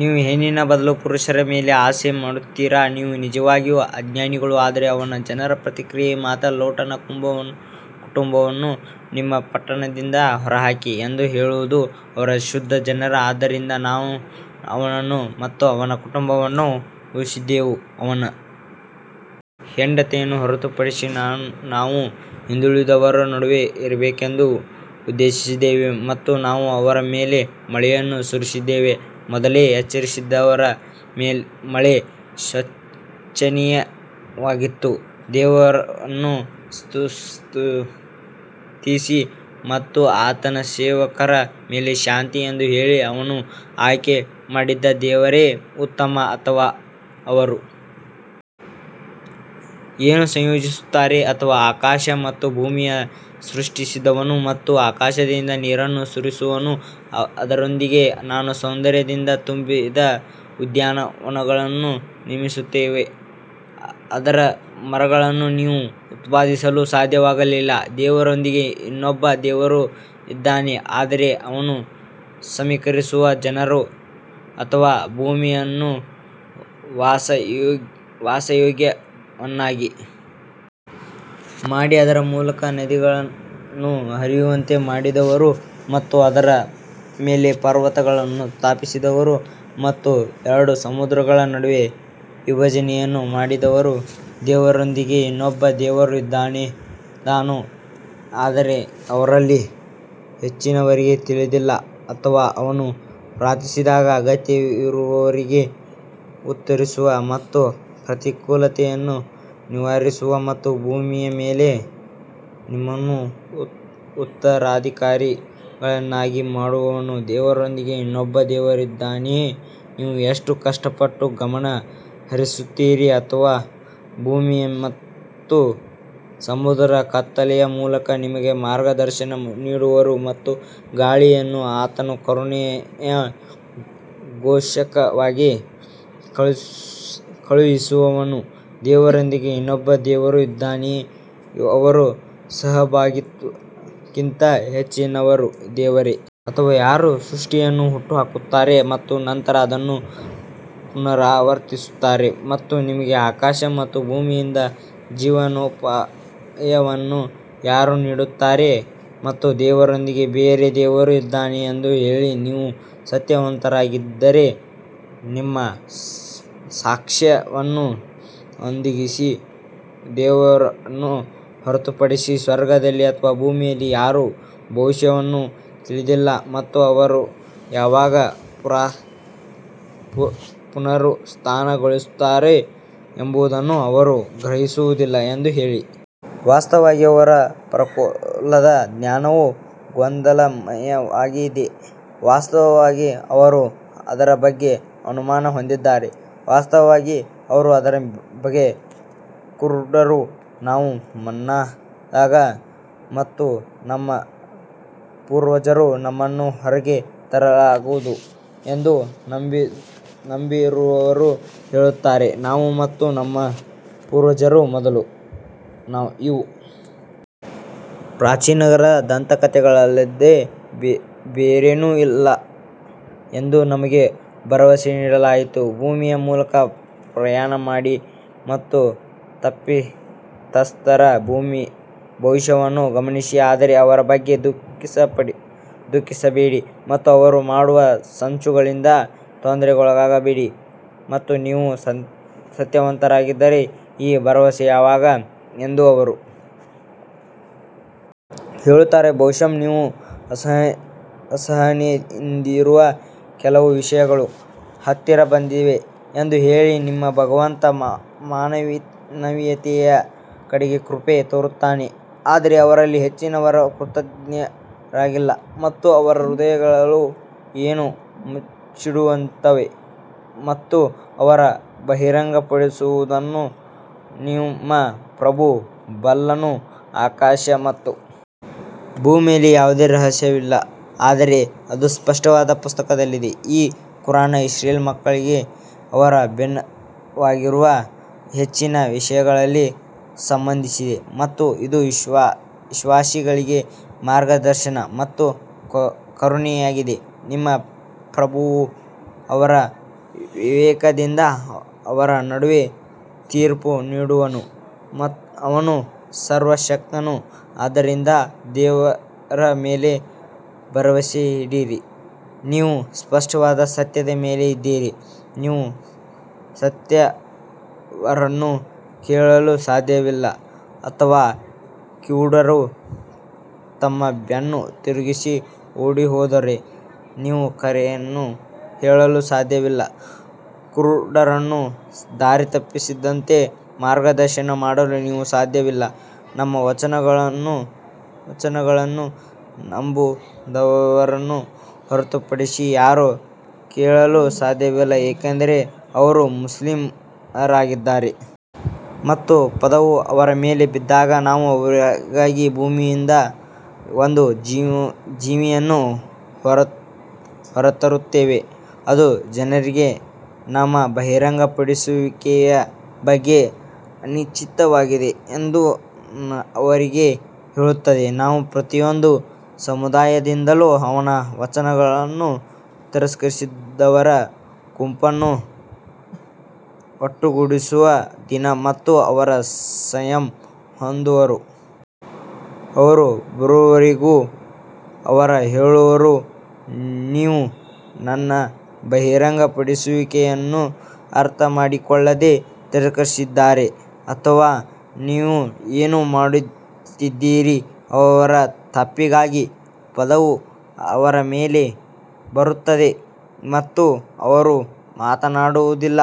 ನೀವು ಹೆಣ್ಣಿನ ಬದಲು ಪುರುಷರ ಮೇಲೆ ಆಸೆ ಪಡುತ್ತೀರಾ ನೀವು ನಿಜವಾಗಿಯೂ ಅಜ್ಞಾನಿಗಳು ಆದರೆ ಅವನ ಜನರ ಪ್ರತಿಕ್ರಿಯೆ ಮಾತ್ರ ಲೋಟನ ಕುಟುಂಬವನ್ನು ನಿಮ್ಮ ಪಟ್ಟಣದಿಂದ ಹೊರಹಾಕಿ ಎಂದು ಹೇಳುವುದು ಅವರು ಶುದ್ಧ ಜನರು ಆದ್ದರಿಂದ ನಾವು ಅವನನ್ನು ಮತ್ತು ಅವನ ಕುಟುಂಬವನ್ನು ಉಳಿಸಿದೆವು ಅವನ ಹೆಂಡತಿಯನ್ನು ಹೊರತುಪಡಿಸಿ ನಾವು ಹಿಂದುಳಿದವರ ನಡುವೆ ಇರಬೇಕೆಂದು ಉದ್ದೇಶಿಸಿದ್ದೇವೆ ಮತ್ತು ನಾವು ಅವರ ಮೇಲೆ ಮಳೆಯನ್ನು ಸುರಿಸಿದ್ದೇವೆ, ಮೊದಲೇ ಎಚ್ಚರಿಸಿದವರ ಮಳೆ ಶೋಚನೀಯವಾಗಿತ್ತು ದೇವರನ್ನು ಸ್ತುತಿಸಿ ಮತ್ತು ಆತನ ಸೇವಕರ ಮೇಲೆ ಶಾಂತಿ ಎಂದು ಹೇಳಿ, ಅವನು ಆಯ್ಕೆ ಮಾಡಿದ ದೇವರೇ ಉತ್ತಮ ಅಥವಾ ಅವರು ಏನು ಸಂಯೋಜಿಸುತ್ತಾರೆ ಅಥವಾ ಆಕಾಶ ಮತ್ತು ಭೂಮಿಯನ್ನು ಸೃಷ್ಟಿಸಿದವನು ಮತ್ತು ಆಕಾಶದಿಂದ ನೀರನ್ನು ಸುರಿಸುವವನು ಅದರೊಂದಿಗೆ ನಾವು ಸೌಂದರ್ಯದಿಂದ ತುಂಬಿದ ಉದ್ಯಾನವನಗಳನ್ನು ನಿರ್ಮಿಸುತ್ತೇವೆ, ಅದರ ಮರಗಳನ್ನು ನೀವು ಉತ್ಪಾದಿಸಲು ಸಾಧ್ಯವಾಗಲಿಲ್ಲ, ದೇವರೊಂದಿಗೆ ಇನ್ನೊಬ್ಬ ದೇವರು ಇದ್ದಾನೆ ಆದರೆ ಅವರು ಸಮೀಕರಿಸುವ ಜನರು ಅಥವಾ ಭೂಮಿಯನ್ನು ವಾಸಯೋಗ್ಯವನ್ನಾಗಿ ಮಾಡಿ ಅದರ ಮೂಲಕ ನದಿಗಳನ್ನು ಹರಿಯುವಂತೆ ಮಾಡಿದವರು ಮತ್ತು ಅದರ ಮೇಲೆ ಪರ್ವತಗಳನ್ನು ಸ್ಥಾಪಿಸಿದರು ಮತ್ತು ಎರಡು ಸಮುದ್ರಗಳ ನಡುವೆ ವಿಭಜನೆಯನ್ನು ಮಾಡಿದವರು ದೇವರೊಂದಿಗೆ ಇನ್ನೊಬ್ಬ ದೇವರು ಇದ್ದಾನೋ ಆದರೆ ಅವರಲ್ಲಿ ಹೆಚ್ಚಿನವರಿಗೆ ತಿಳಿದಿಲ್ಲ ಅಥವಾ ಅವನು ಪ್ರಾರ್ಥಿಸಿದಾಗ ಅಗತ್ಯವಿರುವವರಿಗೆ ಉತ್ತರಿಸುವ ಮತ್ತು ಪ್ರತಿಕೂಲತೆಯನ್ನು ನಿವಾರಿಸುವ ಮತ್ತು ಭೂಮಿಯ ಮೇಲೆ ನಿಮ್ಮನ್ನು ಉತ್ತರಾಧಿಕಾರಿಗಳನ್ನಾಗಿ ಮಾಡುವವನು ದೇವರೊಂದಿಗೆ ಇನ್ನೊಬ್ಬ ದೇವರಿದ್ದಾನೆಯೇ ನೀವು ಎಷ್ಟು ಕಷ್ಟಪಟ್ಟು ಗಮನ ಹರಿಸುತ್ತೀರಿ ಅಥವಾ ಭೂಮಿ ಮತ್ತು ಸಮುದ್ರದ ಕತ್ತಲೆಯ ಮೂಲಕ ನಿಮಗೆ ಮಾರ್ಗದರ್ಶನ ನೀಡುವವರು ಮತ್ತು ಗಾಳಿಯನ್ನು ಆತನ ಕರುಣೆಯ ಘೋಷಕವಾಗಿ ಕಳುಹಿಸುವವನು ದೇವರೊಂದಿಗೆ ಇನ್ನೊಬ್ಬ ದೇವರು ಇದ್ದಾನೆಯೇ ಅವರು ಸಹಭಾಗಿತ್ವಕ್ಕಿಂತ ಹೆಚ್ಚಿನವರು ದೇವರೇ? ಅಥವಾ ಯಾರು ಸೃಷ್ಟಿಯನ್ನು ಹುಟ್ಟುಹಾಕುತ್ತಾರೆ ಮತ್ತು ನಂತರ ಅದನ್ನು ಪುನರಾವರ್ತಿಸುತ್ತಾರೆ ಮತ್ತು ನಿಮಗೆ ಆಕಾಶ ಮತ್ತು ಭೂಮಿಯಿಂದ ಜೀವನೋಪಾಯವನ್ನು ಯಾರು ನೀಡುತ್ತಾರೆ ಮತ್ತು ದೇವರೊಂದಿಗೆ ಬೇರೆ ದೇವರು ಇದ್ದಾನೆ ಎಂದು ಹೇಳಿ ನೀವು ಸತ್ಯವಂತರಾಗಿದ್ದರೆ ನಿಮ್ಮ ಸಾಕ್ಷ್ಯವನ್ನು ಒದಗಿಸಿ ದೇವರನ್ನು ಹೊರತುಪಡಿಸಿ ಸ್ವರ್ಗದಲ್ಲಿ ಅಥವಾ ಭೂಮಿಯಲ್ಲಿ ಯಾರೂ ಭವಿಷ್ಯವನ್ನು ತಿಳಿದಿಲ್ಲ ಮತ್ತು ಅವರು ಯಾವಾಗ ಪುನರುತ್ಥಾನಗೊಳ್ಳುತ್ತಾರೆ ಎಂಬುದನ್ನು ಅವರು ಗ್ರಹಿಸುವುದಿಲ್ಲ ಎಂದು ಹೇಳಿ. ವಾಸ್ತವವಾಗಿ ಅವರ ಪರಲೋಕದ ಜ್ಞಾನವು ಗೊಂದಲಮಯವಾಗಿದೆ ವಾಸ್ತವವಾಗಿ ಅವರು ಅದರ ಬಗ್ಗೆ ಅನುಮಾನ ಹೊಂದಿದ್ದಾರೆ ವಾಸ್ತವವಾಗಿ ಅವರು ಅದರ ಬಗ್ಗೆ ಕುರುಡರು ನಾವು ಮಣ್ಣಾದಾಗ ಮತ್ತು ನಮ್ಮ ಪೂರ್ವಜರು ನಮ್ಮನ್ನು ಹೊರಗೆ ತರಲಾಗುವುದು ಎಂದು ನಂಬದಿರುವವರು ಹೇಳುತ್ತಾರೆ ನಾವು ಮತ್ತು ನಮ್ಮ ಪೂರ್ವಜರ ಮೊದಲು ಇವು ಪ್ರಾಚೀನರ ದಂತಕಥೆಗಳಲ್ಲದೆ ಬೇರೇನೂ ಅಲ್ಲ ಎಂದು ನಮಗೆ ಭರವಸೆ ನೀಡಲಾಯಿತು ಭೂಮಿಯ ಮೂಲಕ ಪ್ರಯಾಣ ಮಾಡಿ ಮತ್ತು ತಪ್ಪಿತಸ್ಥರ ಭವಿಷ್ಯವನ್ನು ಗಮನಿಸಿ ಆದರೆ ಅವರ ಬಗ್ಗೆ ದುಃಖಿಸಬೇಡಿ ಮತ್ತು ಅವರು ಮಾಡುವ ಸಂಚುಗಳಿಂದ ತೊಂದರೆಗೊಳಗಾಗಬೇಡಿ ಮತ್ತು ನೀವು ಸತ್ಯವಂತರಾಗಿದ್ದರೆ ಈ ಭರವಸೆ ಯಾವಾಗ ಎಂದು ಅವರು ಹೇಳುತ್ತಾರೆ ಬಹುಶಃ ನೀವು ಅಸಹನೆಯಿಂದಿರುವ ಕೆಲವು ವಿಷಯಗಳು ಹತ್ತಿರ ಬಂದಿವೆ ಎಂದು ಹೇಳಿ ನಿಮ್ಮ ಭಗವಂತ ಮಾನವೀಯತೆಯ ಕಡೆಗೆ ಕೃಪೆ ತೋರುತ್ತಾನೆ ಆದರೆ ಅವರಲ್ಲಿ ಹೆಚ್ಚಿನವರು ಕೃತಜ್ಞರಾಗಿಲ್ಲ ಮತ್ತು ಅವರ ಹೃದಯಗಳು ಏನು ಮುಚ್ಚಿಡುತ್ತವೆ ಮತ್ತು ಅವರು ಬಹಿರಂಗಪಡಿಸುವುದನ್ನು ನಿಮ್ಮ ಪ್ರಭು ಬಲ್ಲನು ಆಕಾಶ ಮತ್ತು ಭೂಮಿಯಲ್ಲಿ ಯಾವುದೇ ರಹಸ್ಯವಿಲ್ಲ ಆದರೆ ಅದು ಸ್ಪಷ್ಟವಾದ ಪುಸ್ತಕದಲ್ಲಿದೆ ಈ ಕುರಾನ್ ಇಸ್ರೇಲ್ ಮಕ್ಕಳಿಗೆ ಅವರು ಭಿನ್ನವಾಗಿರುವ ಹೆಚ್ಚಿನ ವಿಷಯಗಳಿಗೆ ಸಂಬಂಧಿಸಿದೆ ಮತ್ತು ಇದು ವಿಶ್ವಾಸಿಗಳಿಗೆ ಮಾರ್ಗದರ್ಶನ ಮತ್ತು ಕರುಣೆಯಾಗಿದೆ ನಿಮ್ಮ ಪ್ರಭುವು ಅವರ ವಿವೇಕದಿಂದ ಅವರ ನಡುವೆ ತೀರ್ಪು ನೀಡುವನು, ಅವನು ಸರ್ವಶಕ್ತನು ಆದ್ದರಿಂದ ದೇವರ ಮೇಲೆ ಭರವಸೆಯಿಡಿರಿ ನೀವು ಸ್ಪಷ್ಟವಾದ ಸತ್ಯದ ಮೇಲೆ ಇದ್ದೀರಿ ನೀವು ಸತ್ತವರನ್ನು ಕೇಳಲು ಸಾಧ್ಯವಿಲ್ಲ ಅಥವಾ ಕಿವುಡರು ತಮ್ಮ ಬೆನ್ನು ತಿರುಗಿಸಿ ಓಡಿಹೋದರೆ ನೀವು ಕರೆಯನ್ನು ಕೇಳಲು ಸಾಧ್ಯವಿಲ್ಲ ಕುರುಡರನ್ನು ದಾರಿತಪ್ಪಿಸದಂತೆ ಮಾರ್ಗದರ್ಶನ ಮಾಡಲು ನೀವು ಸಾಧ್ಯವಿಲ್ಲ, ನಮ್ಮ ವಚನಗಳನ್ನು ನಂಬುವವರನ್ನು ಹೊರತುಪಡಿಸಿ ಯಾರೂ ಕೇಳಲು ಸಾಧ್ಯವಿಲ್ಲ ಏಕೆಂದರೆ ಅವರು ಮುಸ್ಲಿಮರಾಗಿದ್ದಾರೆ. ಮತ್ತು ಪದವು ಅವರ ಮೇಲೆ ಬಿದ್ದಾಗ ನಾವು ಅವರಿಗಾಗಿ ಭೂಮಿಯಿಂದ ಒಂದು ಜೀವಿಯನ್ನು ಹೊರತರುತ್ತೇವೆ, ಅದು ಜನರಿಗೆ ನಮ್ಮ ಬಹಿರಂಗಪಡಿಸುವಿಕೆಯ ಬಗ್ಗೆ ಅನಿಶ್ಚಿತವಾಗಿದೆ ಎಂದು ಅವರಿಗೆ ಹೇಳುತ್ತದೆ. ನಾವು ಪ್ರತಿಯೊಂದು ಸಮುದಾಯದಿಂದಲೂ ನಮ್ಮ ವಚನಗಳನ್ನು ತಿರಸ್ಕರಿಸಿದವರ ಗುಂಪನ್ನು ಒಟ್ಟುಗೂಡಿಸುವ ದಿನ ಮತ್ತು ಅವರು ಸಂಯಮ ಹೊಂದುವರು. ಅವರು ಬರುವವರೆಗೂ ಅವರು ಹೇಳುವರು, ನೀವು ನನ್ನ ಬಹಿರಂಗಪಡಿಸುವಿಕೆಯನ್ನು ಅರ್ಥಮಾಡಿಕೊಳ್ಳದೆ ತಿರಸ್ಕರಿಸಿದ್ದೀರಾ ಅಥವಾ ನೀವು ಏನು ಮಾಡುತ್ತಿದ್ದೀರಿ ಅವರ ತಪ್ಪಿಗಾಗಿ ಪದವು ಅವರ ಮೇಲೆ ಬರುತ್ತದೆ ಮತ್ತು ಅವರು ಮಾತನಾಡುವುದಿಲ್ಲ.